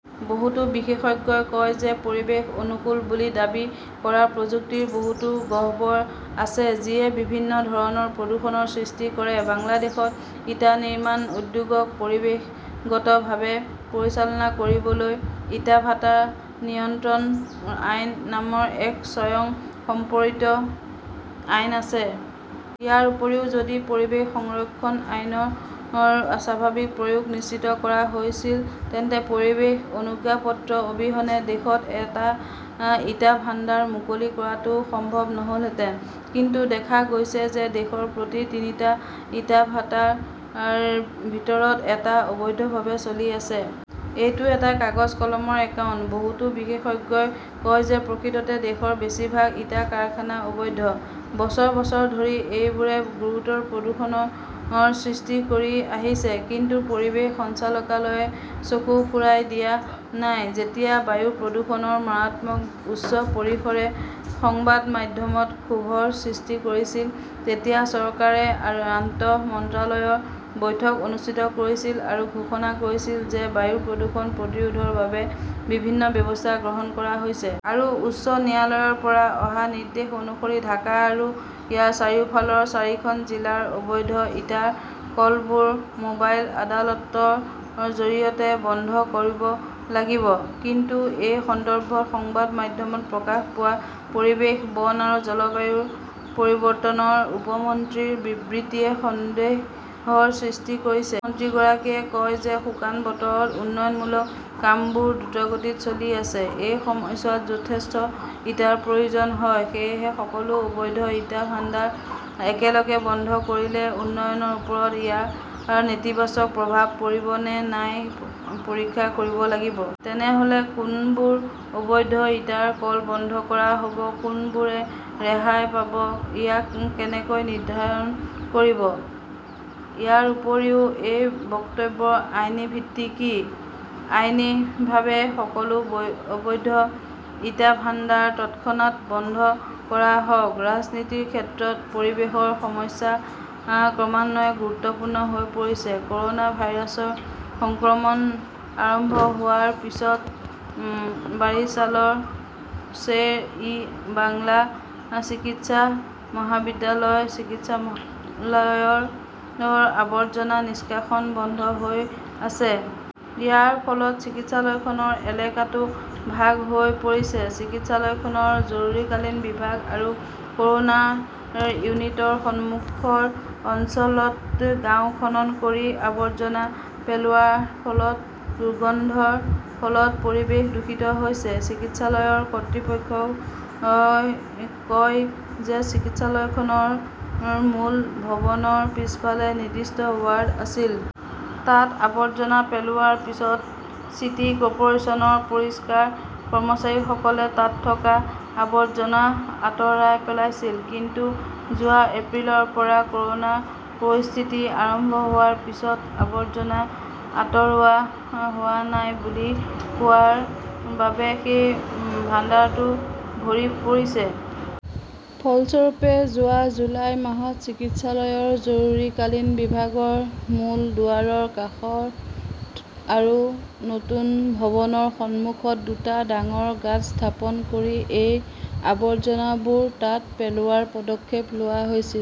বহুতো বিশেষজ্ঞই কয় যে পৰিৱেশ অনুকূল বুলি দাবী কৰা প্ৰযুক্তিৰ বহুতো গহ্বৰ আছে যিয়ে বিভিন্ন ধৰণৰ প্ৰদূষণৰ সৃষ্টি কৰে। বাংলাদেশত ইটা নিৰ্মাণ উদ্যোগক পৰিৱেশগতভাৱে পৰিচালনা কৰিবলৈ ইটা ভাটা নিয়ন্ত্ৰণ আইন নামৰ এক স্বয়ংসম্পৰিত আইন আছে। ইয়াৰ উপৰিও, যদি পৰিৱেশ সংৰক্ষণ আইনৰ স্বাভাৱিক প্ৰয়োগ নিশ্চিত কৰা হৈছিল, তেন্তে পৰিৱেশ অনুজ্ঞাপত্ৰ অবিহনে দেশত এটা ইটা ভাণ্ডাৰ মুকলি কৰাটো সম্ভৱ নহ'লহেঁতেন। কিন্তু দেখা গৈছে যে দেশৰ প্ৰতি তিনিটা ইটাৰ ভাটাৰ ভিতৰত এটা অবৈধভাৱে চলি আছে। এইটো এটা কাগজ-কলমৰ একাউণ্ট। বহুতো বিশেষজ্ঞই কয় যে প্ৰকৃততে দেশৰ বেছি ভাগ ইটা কাৰখানা অবৈধ। বছৰ বছৰ ধৰি এইবোৰে গুৰুতৰ প্ৰদূষণৰ সৃষ্টি কৰি আহিছে, কিন্তু পৰিৱেশ সঞ্চালকালয়ে চকু ফুৰাই দিয়া নাই। যেতিয়া বায়ু প্ৰদূষণৰ মাৰাত্মক উচ্চ পৰিসৰে সংবাদ মাধ্যমত ক্ষোভৰ সৃষ্টি কৰিছিল, তেতিয়া চৰকাৰে আন্তঃ মন্ত্ৰালয়ৰ বৈঠক অনুষ্ঠিত কৰিছিল আৰু ঘোষণা কৰিছিল যে বায়ু প্ৰদূষণ প্ৰতিৰোধৰ বাবে বিভিন্ন ব্যৱস্থা গ্ৰহণ কৰা হৈছে। আৰু উচ্চ ন্যায়ালয়ৰ পৰা অহা নিৰ্দেশ অনুসৰি ঢাকা আৰু ইয়াৰ চাৰিওফালৰ চাৰিখন জিলাৰ অবৈধ ইটাৰ কলবোৰ মোবাইল আদালতৰ জৰিয়তে বন্ধ কৰিব লাগিব। কিন্তু এই সন্দৰ্ভত সংবাদ মাধ্যমত প্ৰকাশ পোৱা পৰিৱেশ, বন আৰু জলবায়ু পৰিৱৰ্তনৰ উপ মন্ত্ৰীৰ বিবৃতিয়ে সন্দেহৰ সৃষ্টি কৰিছে। মন্ত্ৰীগৰাকীয়ে কয় যে শুকান বতৰত উন্নয়নমূলক কামবোৰ দ্ৰুতগতিত চলি আছে, এই সময়ছোৱাত যথেষ্ট ইটাৰ প্ৰয়োজন হয়। সেয়েহে সকলো অবৈধ ইটা ভাণ্ডাৰ একেলগে বন্ধ কৰিলে উন্নয়নৰ ওপৰত ইয়াৰ নেতিবাচক প্ৰভাৱ পৰিব নে নাই পৰীক্ষা কৰিব লাগিব। তেনেহ 'লে কোনবোৰ অবৈধ ইটাৰ কল বন্ধ কৰা হ'ব, কোনবোৰে ৰেহাই পাব-ইয়াক কেনেকৈ নিৰ্ধাৰণ কৰিব? ইয়াৰ উপৰিও এই বক্তব্যৰ আইনী ভিত্তি কি? আইনীভাৱে সকলো অবৈধ ইটা ভাণ্ডাৰ তৎক্ষণাত বন্ধ কৰা হওক। ৰাজনীতিৰ ক্ষেত্ৰত পৰিৱেশৰ সমস্যা ক্ৰমান্বয়ে গুৰুত্বপূৰ্ণ হৈ পৰিছে কৰ'না ভাইৰাছৰ সংক্ৰমণ আৰম্ভ হোৱাৰ পিছত বাৰিছালৰ শ্বেৰ-ই-বাংলা চিকিৎসা মহাবিদ্যালয় চিকিৎসামলয়ৰ আৱৰ্জনা নিষ্কাশন বন্ধ হৈ আছে। ইয়াৰ ফলত চিকিৎসালয়খনৰ এলেকাটো ভাগ হৈ পৰিছে। চিকিৎসালয়খনৰ জৰুৰীকালীন বিভাগ আৰু কৰোনা ইউনিটৰ সন্মুখৰ অঞ্চলত গাঁত খনন কৰি আৱৰ্জনা পেলোৱাৰ ফলত দুৰ্গন্ধৰ ফলত পৰিৱেশ দূষিত হৈছে। চিকিৎসালয়ৰ কৰ্তৃপক্ষই কয় যে ,চিকিৎসালয়খনৰ মূল ভৱনৰ পিছফালে নিৰ্দিষ্ট ৱাৰ্ড আছিল। তাত আৱৰ্জনা পেলোৱাৰ পিছত চিটি কৰ্পোৰেচনৰ পৰিষ্কাৰ কৰ্মচাৰীসকলে তাত থকা আৱৰ্জনা আঁতৰাই পেলাইছিল। কিন্তু যোৱা এপ্ৰিলৰ পৰা কৰোনাৰ পৰিস্থিতি আৰম্ভ হোৱাৰ পিছত আৱৰ্জনা আতৰোৱা হোৱা নাই বুলি কোৱাৰ বাবে সেই ভাণ্ডাৰটো ভৰি পৰিছে। ফলস্বৰূপে, যোৱা জুলাই মাহত চিকিৎসালয়ৰ জৰুৰীকালীন বিভাগৰ মূল দুৱাৰৰ কাষত আৰু নতুন ভৱনৰ সন্মুখত দুটা ডাঙৰ গাঁত স্থাপন কৰি এই আৱৰ্জনাবোৰ তাত পেলোৱাৰ পদক্ষেপ লোৱা হৈছিল।